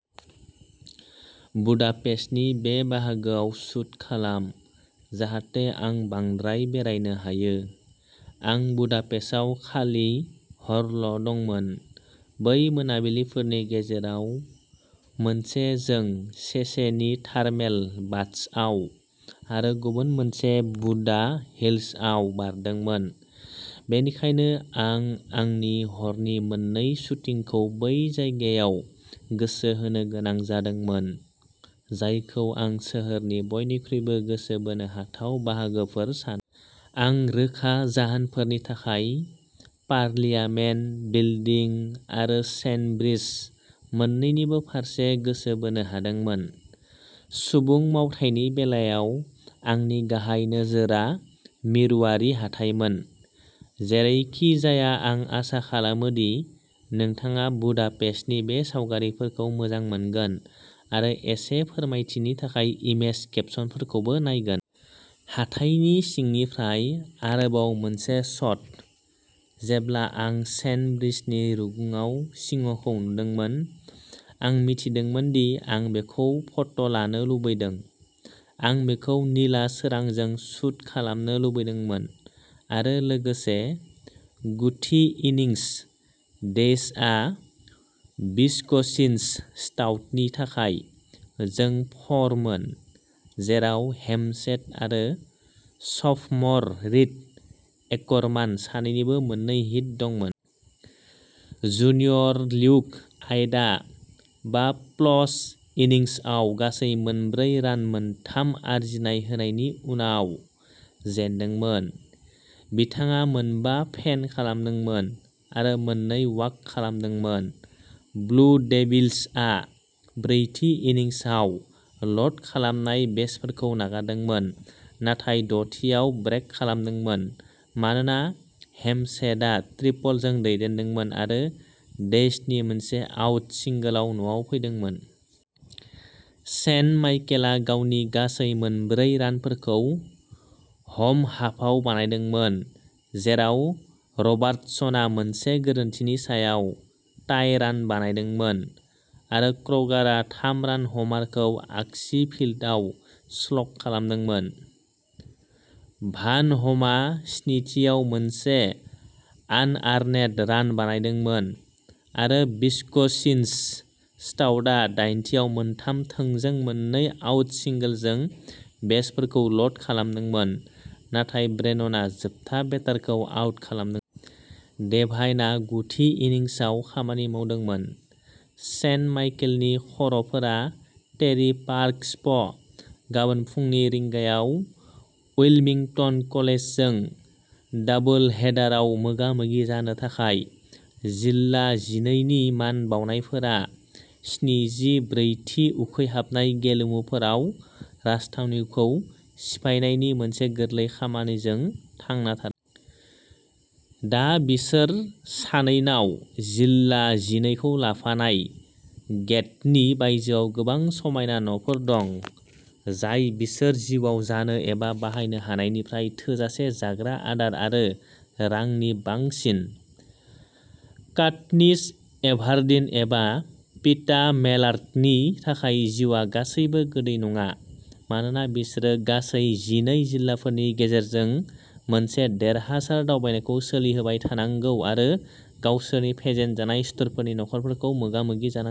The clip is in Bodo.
बुदापेस्टनि बे बाहागोआव शूट खालाम, जाहाथे आं बांद्राय बेरायनो हायो। आं बुदापेस्टआव खालि हरल'दंमोन। बै मोनाबिलिफोरनि गेजेराव मोनसे जों सेचेनी थार्मेल बाथ्सआव आरो गुबुन मोनसे बुदा हिल्सआव बारदोंमोन। बेनिखायनो, आं आंनि हरनि मोननै शुटिंखौ बै जायगायाव गोसो होनो गोनां जादोंमोन, जायखौ आं सोहोरनि बयनिख्रुइबो गोसो बोनो हाथाव बाहागोफोर सानोमोन। आं रोखा जाहोनफोरनि थाखाय, पार्लियामेन्ट बिल्डिं आरो चेन ब्रिज मोन्नैनिबो फारसे गोसो बोनो हादोंमोन। सुबुं मावथायनि बेलायाव, आंनि गाहाय नोजोरआ मिरुआरि हाथाइमोन। जेरैखिजाया, आं आसा खालामो दि नोंथाङा बुदापेस्टनि बे सावगारिफोरखौ मोजां मोनगोन आरो एसे फोरमायथिनि थाखाय इमेज केपशनफोरखौबो नायगोन। हाथाइनि सिंनिफ्राय आरोबाव मोनसे शट। जेब्ला आं चेन ब्रिजनि रुगुङाव सिंहखौ नुदोंमोन, आं मिथिदोंमोन दि आं बेखौ फट'लानो लुबैदों। आं बेखौ निला सोरांजों शूट खालामनो लुबैदोंमोन, आरो लोगोसे। - गुथि इनिंस। डेइसआ विस्कन्सिन-स्टाउटनि थाखाय जों -फर- मोन, जेराव हेमसेथ आरो स'फ'मर रीड एकरमान सानैनिबो मोननै हिट दंमोन। जुनियर ल्यूक आइडआ बा-प्लस इन्निंसआव गासै मोनब्रै रान-मोनथाम आरजिनाय-होनायनि उनाव जेनदोंमोन। बिथाङा मोनबा फेन खालामदोंमोन आरो मोननै वाक खालामदोंमोन। ब्लु डेविल्सआ ब्रैथि इन्निंसआव लोड खालामनाय बेसफोरखौ नागारदोंमोन नाथाय द'थिआव ब्रेक खालामदोंमोन, मानोना हेमसेथआ ट्रिपलजों दैदेनदोंमोन आरो डेइसनि मोनसे-आउट सिंगोलआव न'आव फैदोंमोन। सेन्ट माइकेलआ गावनि गासै मोनब्रै रानफोरखौ ह'म हाफआव बानायदोंमोन, जेराव रबार्टसनआ मोनसे गोरोन्थिनि सायाव टाइ रान बानायदोंमोन आरो क्र'गारआ थाम-रान ह'मारखौ आगसि फिल्दआव स्लग खालामदोंमोन। भानह'भआ स्निथिआव मोनसे आनआर्नेड रान बानायदोंमोन, आरो विस्कन्सिन-स्टाउटआ दाइनथिआव मोनथाम थोंजों मोननै-आउट सिंगोलजों बेसफोरखौ लोड खालामदोंमोन, नाथाय ब्रेननआ जोबथा बेटारखौ आउट खालामदोंमोन। डेभाइनआ गुथि इन्निंसआव - खामानि मावदोंमोन। सेन्ट माइकेलनि खर'फोरा टेरि पार्क स्प' गाबोन फुंनि रिंगायाव उइलमिंटन कलेजजों डाबोलहेडारआव मोगा-मोगि जानो थाखाय। जिल्ला जिनै नि मान बाउनायफोरा स्निजि ब्रैथि उखैहाबनाय गेलेमुफोराव राजथावनिखौ सिफायनायनि मोनसे गोरलै खामानिजों थांना थादोंमोन। दा, बिसोर सानैनाव जिल्ला जिनैखौ लाफानाय गेट्ट'नि बायजोआव गोबां समायना न'फोर दं, जाय बिसोर जिउआव जानो एबा बाहायनो हानायनिफ्राय थोजासे जाग्रा आदार आरो रांनि बांसिन। काटनिस एभारडिन एबा पीटा मेलार्कनि थाखाय जिउआ गासैबो गोदै नङा, मानोना बिसोरो गासै जिनै जिल्लाफोरनि गेजेरजों मोनसे देरहासार दावबायनायखौ सोलिहोबाय थानांगौ आरो गावसोरनि फेजेनजानाय सुथुरफोरनि नखरफोरखौ मोगा-मोगि जानांगौ।